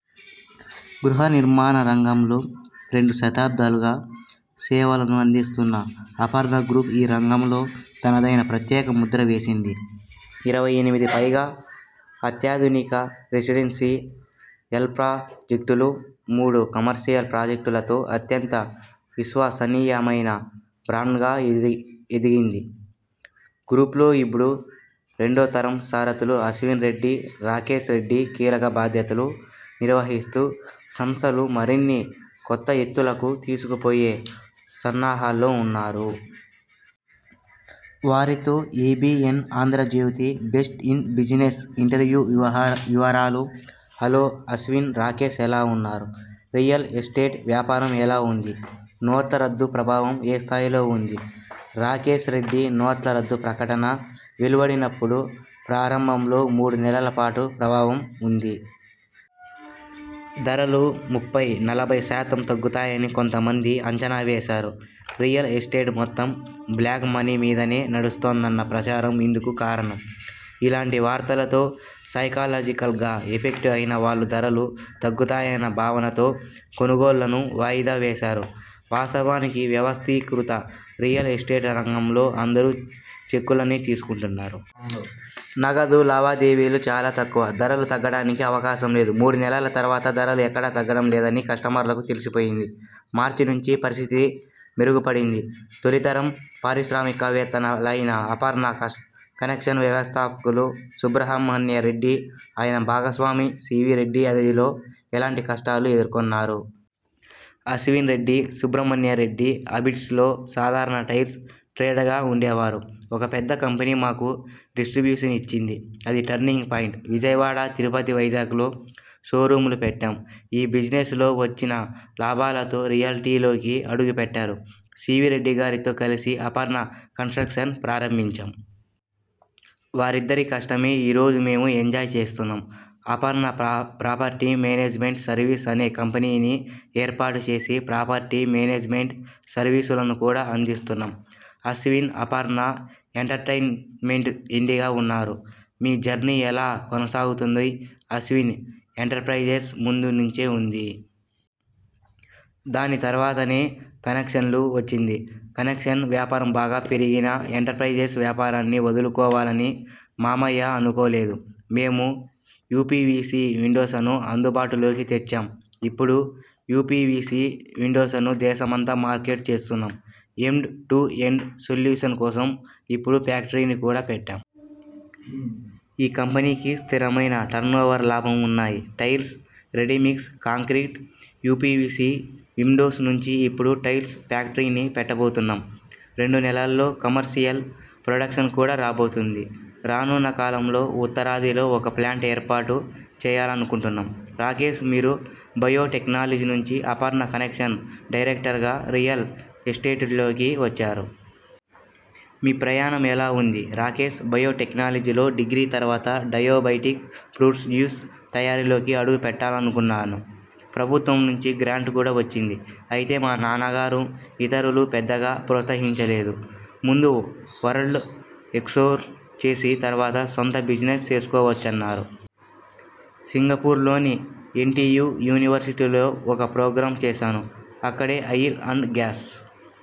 గృహ నిర్మాణ రంగంలో రెండు దశాబ్దాలుగా సేవలను అందిస్తున్న అపర్ణ గ్రూప్ ఈ రంగంలో తనదైన ప్రత్యేక ముద్ర వేసింది. ఇరవై ఎనిమిది పైగా అత్యాధునిక రెసిడెన్షియల్ప్రాజెక్టులు, మూడు కమర్షియల్ ప్రాజెక్టులతో అత్యంత విశ్వసనీయమైన బ్రాండ్గా ఎదిగింది. గ్రూప్లో ఇప్పుడు రెండో తరం సారథులు అశ్విన్ రెడ్డి, రాకేష్ రెడ్డి కీలక బాధ్యతలు నిర్వహిస్తూ, సంస్థను మరిన్ని కొత్త ఎత్తులకు తీసుకుపోయే సన్నాహాల్లో ఉన్నారు. వారితో ABN Andhra Jyothy ''best in business '' interview వివరాలు హలో అశ్విన్, రాకేష్ ఎలా ఉన్నారు? రియల్ ఎస్టేట్ వ్యాపారం ఎలా ఉంది? నోట్ల రద్దు ప్రభావం ఏ స్థాయిలో ఉంది? రాకేష్ రెడ్డి నోట్ల రద్దు ప్రకటన వెలువడినప్పుడు ప్రారంభంలో మూడు నెలల పాటు ప్రభావం ఉంది. ధరలు ముప్పై, నలభై శాతం తగ్గుతాయని కొంత మంది అంచనావేశారు. రియల్ ఎస్టేట్ మొత్తం బ్లాక్ మనీ మీదనే నడుస్తోందన్న ప్రచారం ఇందుకు కారణం. ఇలాంటి వార్తలతో సైకలాజికల్గా ఎఫెక్ట్ అయిన వాళ్లు ధరలు తగ్గుతాయన భావనతో కొనుగోళ్లను వాయిదా వేశారు. వాస్తవానికి వ్యవస్థీకృత రియల్ ఎస్టేట్ రంగంలో అందరూ చెక్కులనే తీసుకుంటున్నారు. నగదు లావాదేవీలు చాలా తక్కువ. ధరలు తగ్గడానికి అవకాశం లేదు. మూడు నెలల తర్వాత ధరలు ఎక్కడా తగ్గడం లేదని కస్టమర్లకు తెలిసిపోయింది. మార్చి నుంచి పరిస్థితి మెరుగుపడింది. తొలితరం పారిశ్రామికవేత్తలైన అపర్ణ కన్స్ట్రక్షన్ వ్యవస్థాపకులు సుబ్రహ్మణ్య రెడ్డి, ఆయన భాగస్వామి సివి రెడ్డి ఆదిలో ఎలాంటి కష్టాలు ఎదుర్కొన్నారు? అశ్విన్ రెడ్డి సుబ్రహ్మణ్యరెడ్డి అబిడ్స్లో సాధారణ టైల్స్ ట్రేడర్గా ఉండేవారు. ఒక పెద్ద కంపెనీ మాకు డిస్ర్టిబ్యూషన్ ఇచ్చింది. అది టర్నింగ్ పాయింట్. విజయవాడ, తిరుపతి, వైజాగ్లో షోరూమ్లు పెట్టాం. ఈ బిజినెస్లో వచ్చిన లాభాలతో రియల్టీలోకి అడుగుపెట్టారు. సివి రెడ్డిగారితో కలిసి అపర్ణ కన్స్ట్రక్షన్ను ప్రారంభించాం. వారిద్దరి కష్టమే ఈ రోజు మేము ఎంజాయ్ చేస్తున్నాం. అపర్ణ ప్రాపర్టీ మేనేజ్మెంట్ సర్వీస్ అనే కంపెనీని ఏర్పాటు చేసి ప్రాపర్టీ మేనేజ్మెంట్ సర్వీసులను కూడా అందిస్తున్నాం. అశ్విన్ అపర్ణ ఎంటర్ప్రైజె్సకు ఎండిగా ఉన్నారు. మీ జర్నీ ఎలా కొనసాగుతోంది. అశ్విన్ ఎంటర్ప్రైజెస్ ముందు నుంచే ఉంది. దాని తర్వాతనే కన్స్ట్రక్షన్ వచ్చింది. కన్స్ట్రక్షన్ వ్యాపారం బాగా పెరిగినా ఎంటర్ప్రైజెస్ వ్యాపారాన్ని వదులుకోవాలని మామయ్య అనుకోలేదు. మేము యుపివిసి విండో్సను అందుబాటులోకి తెచ్చాం. ఇప్పుడు యుపివిసి విండో్సను దేశమంతా మార్కెట్ చేస్తున్నాం. ఎండ్ టు ఎండ్ సొల్యూషన్స్ కోసం ఇప్పుడు ఫ్యాక్టరీని కూడా పెట్టాం. ఈ కంపెనీకి స్థిరమైన టర్నోవర్, లాభం ఉన్నాయి. Tiles, ready mix concrete, UPVC windows నుంచి ఇప్పుడు టైల్స్ ఫ్యాక్టరీని పెట్టబోతున్నాం. రెండు నెలల్లో కమర్షియల్ ప్రొడక్షన్ కూడా రాబోతోంది. రానున్న కాలంలో ఉత్తరాదిలో ఒక ప్లాంట్ ఏర్పాటు చేయాలనుకుంటున్నాం. రాకేష్ మీరు బయోటెక్నాలజీ నుంచి అపర్ణ కన్స్ట్రక్షన్స్ డైరెక్టర్గా రియల్ ఎస్టేట్లోకి వచ్చారు. మీ ప్రయాణం ఎలా ఉంది? రాకేష్ బయోటెక్నాలజీలో డిగ్రీ తర్వాత డయాబెటిక్ ఫ్రూట్ జ్యూస్ తయారీలోకి అడుగుపెట్టాలనుకున్నాను. ప్రభుత్వం నుంచి గ్రాంట్ కూడా వచ్చింది. అయితే మా నాన్నగారు ఇతరులు పెద్దగా ప్రోత్సహించలేదు. ముందు వరల్డ్ ఎక్సర్ చేసి తర్వాత సొంత బిజినెస్ చేసుకోవచ్చు అన్నారు. సింగపూర్లోని ఎన్టియు యూనివర్సిటీలో ఒక ప్రోగ్రామ్ చేశాను. అక్కడే ఆయిల్ అండ్ గ్యాస్